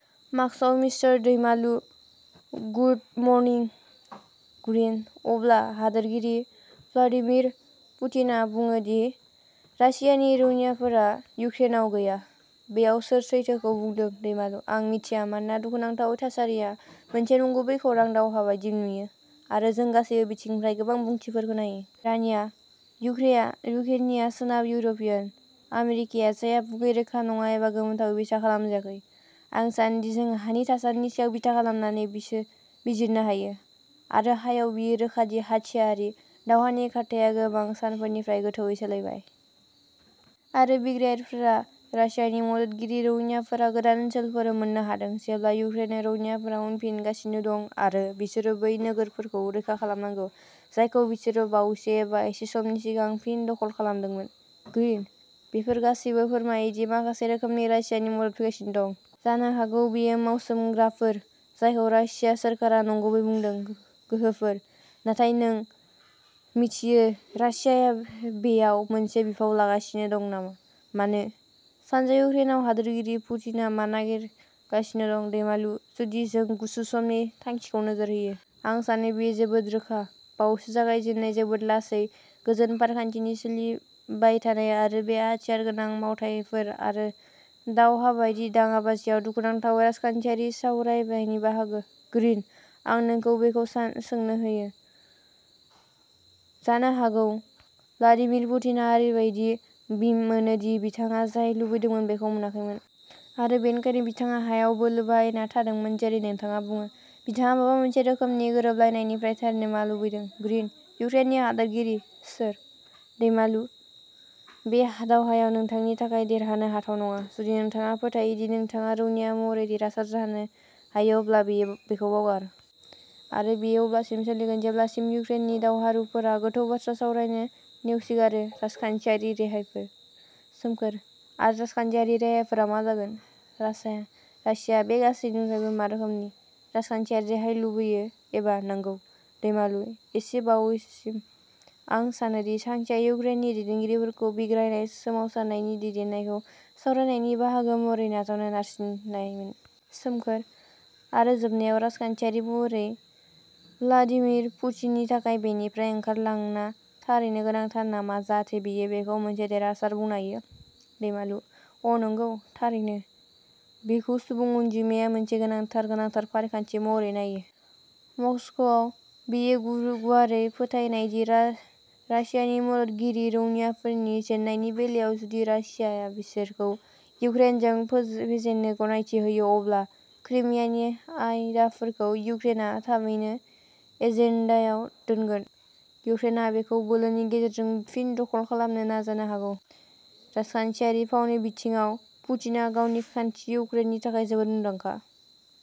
मस्क'आव, mister Daimalu: good morning. Green अब्ला हादोरगिरि Vladimir पुटिनआ बुङो दि रासियानि रौनियाफोरा युक्रेनआव गैया। बेयाव सोर सैथोखौ बुंदों? दैमालु: आं मिथिया मानोना दुखुनांथावै थासारिया मोनसे नंगुबै खौरां दावहा बायदि नुयो। आरो जों गासैबो बिथिंनिफ्राय गोबां बिबुंथिफोर खोनायो। रानिया, युक्रेया युक्रेनिया सोनाब इउर'पियान। आमेरिकाया जाय आबुङै रोखा नङा एबा गोथौवै बिथा खालामजायाखै। आं सानोदि जों हानि थासारिनि सायाव बिथा खालामनानै बिसोर बिजिरनो हायो। आरो हायाव बेयो रोखा दि हाथियारारि दावहानि खारथाइया गोबां सानफोरनिफ्राय गोथौवै सोलायबाय। आरो बिग्रायारिफोरा रासियानि मददगिरि रौनियाफोरा गोदान ओनसोलफोर मोन्नो हादों जेब्ला युक्रेननि रौनियाफोरा उनफिनगासिनो दं। आरो बिसोरो बै नोगोरफोरखौ रैखा खालामनांगौ जायखौ बिसोरो बावैसो एबा एसे समनि सिगां फिन दखल खालामदोंमोन। ग्रीनः बेफोर गासैबो फोरमायो दि माखासे रोखोमनि रासियानि मदद फैगासिनो दं। जानो हागौ बेयो मावसोमग्राफोर जायखौ रासिया सोरखारा नंगुबै बुंदोंमोन। गोहोफोर। नाथाय नों मिथियो रासिया बेयाव मोनसे बिफाव लागासिनो दं। मानो? सानजा इउक्रेनाव हादोरगिरि पुटिनआ मा नागिरगासिनो? दैमालु: जुदि जों गुसुं समनि थांखिखौ नोजोर होयो। आं सानो बेयो जोबोद रोखा। बावैसो जागायजेन्नाय जोबोद लासै गोजोन फारिखान्थिनि सोलिबायथानाय आरो बे हाथियारगोनां मावथायफोर आरो दावहा बायदि दाङाबाजियाव दुखुनांथावै राजखान्थियारि सावरायनायनि बाहागो। ग्रिनः आं नोंखौ बेखौ सां सोंनो हो। जानो हागौ भ्लादिमिर पुटिनआ ओरैबायदि मोनो दि बिथाङा जाय लुबैदोंमोन बेखौ मोनाखैमोन। आरो बेनिखायनो बिथाङा हायाव बोलो बाहायबाय थादोंमोन जेरै नोंथाङा बुङो। बिथाङा माबा मोनसे रोखोमनि गोरोबलायनायनिफ्राय थारैनो मा लुबैदों? ग्रिनः इउक्रेननि हादोरगिरि सोर। दैमालु: बे दावहाया नोंथांनि थाखाय देरहानो हाथाव नङा। जुदि नोंथाङा फोथायो दि नोंथाङा रौनिया महरै देरहासार जानो हायो अब्ला बियो बेखौ बावगार। आरो बेयो अब्लासिम सोलिगोन जेब्लासिम इउक्रेननि दावहारुफोरा गोथौ बाथ्रा सावरायनो नेवसिगारो। राजखान्थियारि रेहायफोर। सोमखोरः आरो राजखान्थियारि रेहायफोरा मा जागोन? रासिया रासिया बे गासैनिफ्राय मा रोखोमनि राजखान्थियारि रेहाय लुबैयो एबा नांगौ? दैमालु: एसे बावैसोसिम आं सानो दि थांखिया इउक्रेननि दैदेनगिरिफोरखौ बिग्रायनाय सोमावसारनायनि दैदेननायखौ सावरायनायनि बाहागो महरै नाजावनो नारसिननायमोन। सोमखोरः आरो जोबनायाव, राजखान्थियारि महरै भ्लादिमिर पुटिननि थाखाय बेनिफ्राय ओंखारलांनाया थारैनो गोनांथार नामा जाहाथे बियो बेखौ मोनसे देरहासार बुंनो हायो? दैमालु: अ नंगौ। थारैनो। बेखौ सुबुं अनजिमाया मोनसे गोनांथार, गोनांथार फारिखान्थि महरै नायो। मस्क'आव बेयो गु-गुवारै फोथायनाय दि रा-रासियानि मददगिरि रौनियाफोरनि जेननायनि बेलायाव जुदि रासिया बिसोरखौ इउक्रेनजों फेजेननो गनायथि होयो अब्ला क्रिमियानि आयदाखौ इउक्रेनआ थाबैनो एजेन्डायाव दोनगोन। इउक्रेनआ बेखौ बोलोनि गेजेरजों फिन दखल खालामनो नाजानो हागौ। राजखान्थियारि फावनि बिथिङाव पुटिनआ गावनि खान्थि इउक्रेननि थाखाय जोबोद मुंदांखा।